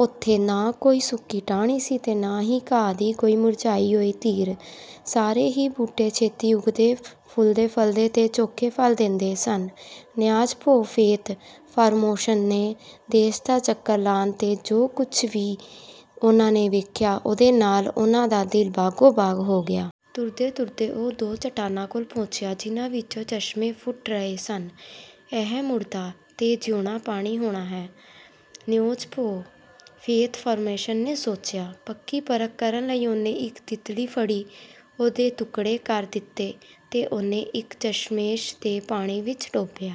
ਉੱਥੇ ਨਾ ਕੋਈ ਸੁੱਕੀ ਟਾਹਣੀ ਸੀ ਤੇ ਨਾ ਹੀ ਘਾਹ ਦੀ ਕੋਈ ਮੁਰਝਾਈ ਹੋਈ ਤਿੜ। ਸਾਰੇ ਹੀ ਬੂਟੇ ਛੇਤੀ ਉੱਗਦੇ, ਫੁੱਲਦੇ-ਫ਼ਲਦੇ ਤੇ ਚੋਖੇ ਫ਼ਲ ਦਿੰਦੇ ਸਨ। ਨਿਆਜ਼-ਬੋ ਫ਼ੇਤ-ਫ਼ਰੂਮੋਸ ਨੇ ਦੇਸ਼ ਦਾ ਚੱਕਰ ਲਾਇਆ ਤੇ ਜੋ ਕੁਝ ਵੀ ਉਹਨੇ ਵੇਖਿਆ, ਉਹਦੇ ਨਾਲ ਉਹਦਾ ਦਿਲ ਬਾਗ਼-ਬਾਗ਼ ਹੋ ਗਿਆ। ਤੁਰਦਿਆਂ-ਤੁਰਦਿਆਂ ਉਹ ਦੋ ਚਟਾਨਾਂ ਕੋਲ ਪਹੁੰਚਿਆ, ਜਿਨ੍ਹਾਂ ਵਿੱਚੋਂ ਦੋ ਚਸ਼ਮੇ ਫੁੱਟ ਰਹੇ ਸਨ। "ਇਹੀ ਮੁਰਦਾ ਤੇ ਜਿਊਂਦਾ ਪਾਣੀ ਹੋਣਾ ਹੈ," ਨਿਆਜ਼-ਬੋ ਫ਼ੇਤ-ਫ਼ਰੂਮੋਸ ਨੇ ਸੋਚਿਆ। ਪੱਕੀ ਪਰਖ ਕਰਨ ਲਈ ਉਹਨੇ ਇੱਕ ਤਿਤਲੀ ਫੜੀ, ਉਹਦੇ ਟੁਕੜੇ ਕਰ ਦਿੱਤੇ ਤੇ ਉਹਨੂੰ ਇੱਕ ਚਸ਼ਮੇ ਦੇ ਪਾਣੀ ਵਿੱਚ ਡੋਬਿਆ।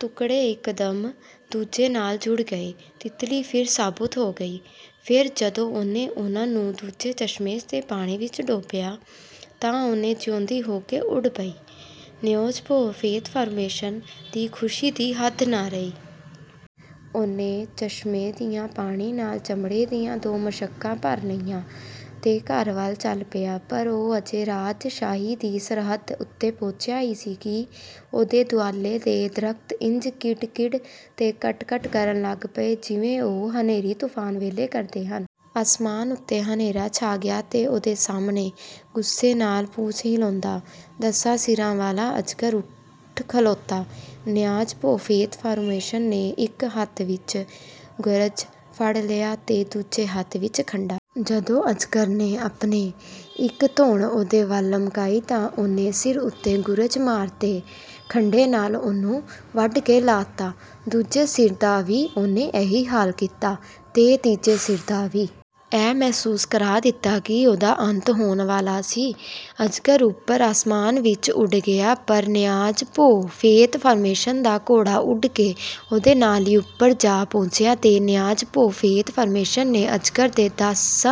ਟੁਕੜੇ ਇੱਕਦਮ ਇੱਕ-ਦੂਜੇ ਨਾਲ ਜੁੜ ਗਏ ਤੇ ਤਿਤਲੀ ਫਿਰ ਸਾਬਤ ਹੋ ਗਈ। ਫਿਰ ਜਦੋਂ ਉਹਨੇ ਉਹਨੂੰ ਦੂਜੇ ਚਸ਼ਮੇ ਦੇ ਪਾਣੀ ਵਿੱਚ ਡੋਬਿਆ, ਤਾਂ ਉਹ ਜਿਊਂਦੀ ਹੋ ਕੇ ਉੱਡ ਪਈ। ਨਿਆਜ਼-ਬੋ ਫ਼ੇਤ-ਫ਼ਰੂਮੋਸ ਦੀ ਖ਼ੁਸ਼ੀ ਦੀ ਹੱਦ ਨਾ ਰਹੀ। ਉਹਨੇ ਚਸ਼ਮਿਆਂ ਦੇ ਪਾਣੀ ਨਾਲ ਚਮੜੇ ਦੀਆਂ ਦੋ ਮਸ਼ਕਾਂ ਭਰ ਲਈਆਂ ਤੇ ਘਰ ਵੱਲ ਚੱਲ ਪਿਆ। ਪਰ ਉਹ ਅਜੇ ਰਾਜ-ਸ਼ਾਹੀ ਦੀ ਸਰਹੱਦ ਉੱਤੇ ਪਹੁੰਚਿਆ ਹੀ ਸੀ ਕਿ ਉਹਦੇ ਦੁਆਲੇ ਦੇ ਦਰਖ਼ਤ ਇੰਜ ਕਿੜ-ਕਿੜ ਤੇ ਕੜ-ਕੜ ਕਰਨ ਲੱਗ ਪਏ ਜਿਵੇਂ ਉਹ ਹਨੇਰੀ-ਤੂਫ਼ਾਨ ਵੇਲੇ ਕਰਦੇ ਹਨ। ਅਸਮਾਨ ਉੱਤੇ ਹਨੇਰਾ ਛਾ ਗਿਆ ਤੇ ਉਹਦੇ ਸਾਹਮਣੇ, ਗੁੱਸੇ ਨਾਲ ਪੂਛ ਹਿਲਾਉਂਦਾ, ਦੱਸਾਂ ਸਿਰਾਂ ਵਾਲਾ ਇੱਕ ਅਜਗਰ ਉੱਠ ਖਲੋਤਾ। ਨਿਆਜ਼-ਬੋ ਫ਼ੇਤ-ਫ਼ਰੂਮੋਸ ਨੇ ਇੱਕ ਹੱਥ ਵਿੱਚ ਗੁਰਜ਼ ਫੜ ਲਿਆ ਤੇ ਦੂਜੇ ਹੱਥ ਵਿੱਚ ਖੰਡਾ। ਜਦੋਂ ਅਜਗਰ ਨੇ ਆਪਣੀ ਇੱਕ ਧੌਣ ਉਹਦੇ ਵੱਲ ਲਮਕਾਈ, ਤਾਂ ਉਹਨੇ ਸਿਰ ਉੱਤੇ ਗੁਰਜ਼ ਮਾਰਿਆ ਤੇ ਖੰਡੇ ਨਾਲ ਉਹਨੂੰ ਵੱਢ ਕੇ ਲਾਹ ਦਿੱਤਾ। ਦੂਜੇ ਸਿਰ ਦਾ ਵੀ ਉਹਨੇ ਇਹੀ ਹਾਲ ਕੀਤਾ ਤੇ ਤੀਜੇ ਸਿਰ ਦਾ ਵੀ। ਇਹ ਮਹਿਸੂਸ ਕਰਦਿਆਂ ਕਿ ਉਹਦਾ ਅੰਤ ਹੋਣ ਵਾਲਾ ਸੀ, ਅਜਗਰ ਉੱਪਰ ਅਸਮਾਨ ਵਿੱਚ ਉੱਡ ਗਿਆ। ਪਰ ਨਿਆਜ਼-ਬੋ ਫ਼ੇਤ-ਫ਼ਰੂਮੋਸ ਦਾ ਘੋੜਾ ਉੱਡ ਕੇ ਉਹਦੇ ਨਾਲੋਂ ਵੀ ਉੱਪਰ ਜਾ ਪਹੁੰਚਿਆ ਤੇ ਨਿਆਜ਼-ਬੋ ਫ਼ੇਤ-ਫ਼ਰੂਮੋਸ ਨੇ ਅਜਗਰ ਦੇ ਦੱਸੇ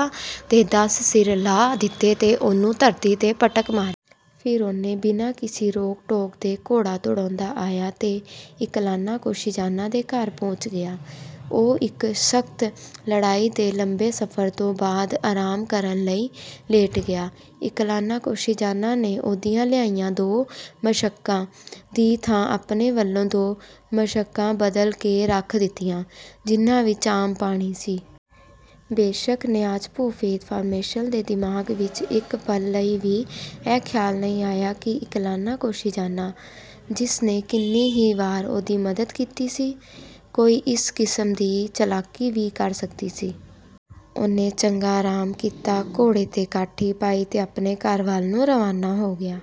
ਦੇ ਦੱਸ ਸਿਰ ਲਾਹ ਦਿੱਤੇ ਤੇ ਉਹਨੂੰ ਧਰਤੀ 'ਤੇ ਪਟਕਾ ਮਾਰਿਆ। ਫ਼ਿਰ ਉਹ ਬਿਨਾਂ ਕਿਸੇ ਰੋਕ-ਟੋਕ ਦੇ ਘੋੜਾ ਦੁੜਾਉਂਦਾ ਆਇਆ ਤੇ ਇਕਲਾਨਾ ਕੋਸਿਨਜ਼ਾਨਾ ਦੇ ਘਰ ਪਹੁੰਚ ਗਿਆ। ਉਹ ਇਸ ਸਖ਼ਤ ਲੜਾਈ ਤੇ ਲੰਮੇ ਸਫ਼ਰ ਤੋਂ ਬਾਅਦ ਆਰਾਮ ਕਰਨ ਲਈ ਲੇਟ ਗਿਆ। ਇਕਲਾਨਾ ਕੋਸਿਨਜ਼ਾਨਾ ਨੇ ਉਹਦੀਆਂ ਲਿਆਂਦੀਆਂ ਦੋਵਾਂ ਮਸ਼ਕਾਂ ਦੀ ਥਾਂ ਆਪਣੇ ਵੱਲੋਂ ਦੋ ਮਸ਼ਕਾਂ ਬਦਲ ਕੇ ਰੱਖ ਦਿੱਤੀਆਂ, ਜਿਨ੍ਹਾਂ ਵਿੱਚ ਆਮ ਪਾਣੀ ਸੀ। ਬੇਸ਼ੱਕ ਨਿਆਜ਼-ਬੋ ਫ਼ੇਤ-ਫ਼ਰੂਮੋਸ ਦੇ ਦਿਮਾਗ਼ ਵਿੱਚ ਇੱਕ ਪਲ ਲਈ ਵੀ ਇਹ ਖ਼ਿਆਲ ਨਾ ਆਇਆ ਕਿ ਇਲਾਨਾ ਕੋਸਿਨਜ਼ਾਨਾ, ਜਿਸ ਨੇ ਕਿੰਨੀ ਹੀ ਵਾਰ ਉਹਦੀ ਮਦਦ ਕੀਤੀ ਸੀ, ਕੋਈ ਇਸ ਕਿਸਮ ਦੀ ਚਲਾਕੀ ਵੀ ਕਰ ਸਕਦੀ ਸੀ। ਉਹਨੇ ਚੰਗਾ ਆਰਾਮ ਕੀਤਾ, ਘੋੜੇ 'ਤੇ ਕਾਠੀ ਪਾਈ ਤੇ ਆਪਣੇ ਘਰ ਵੱਲ ਰਵਾਨਾ ਹੋ ਗਿਆ।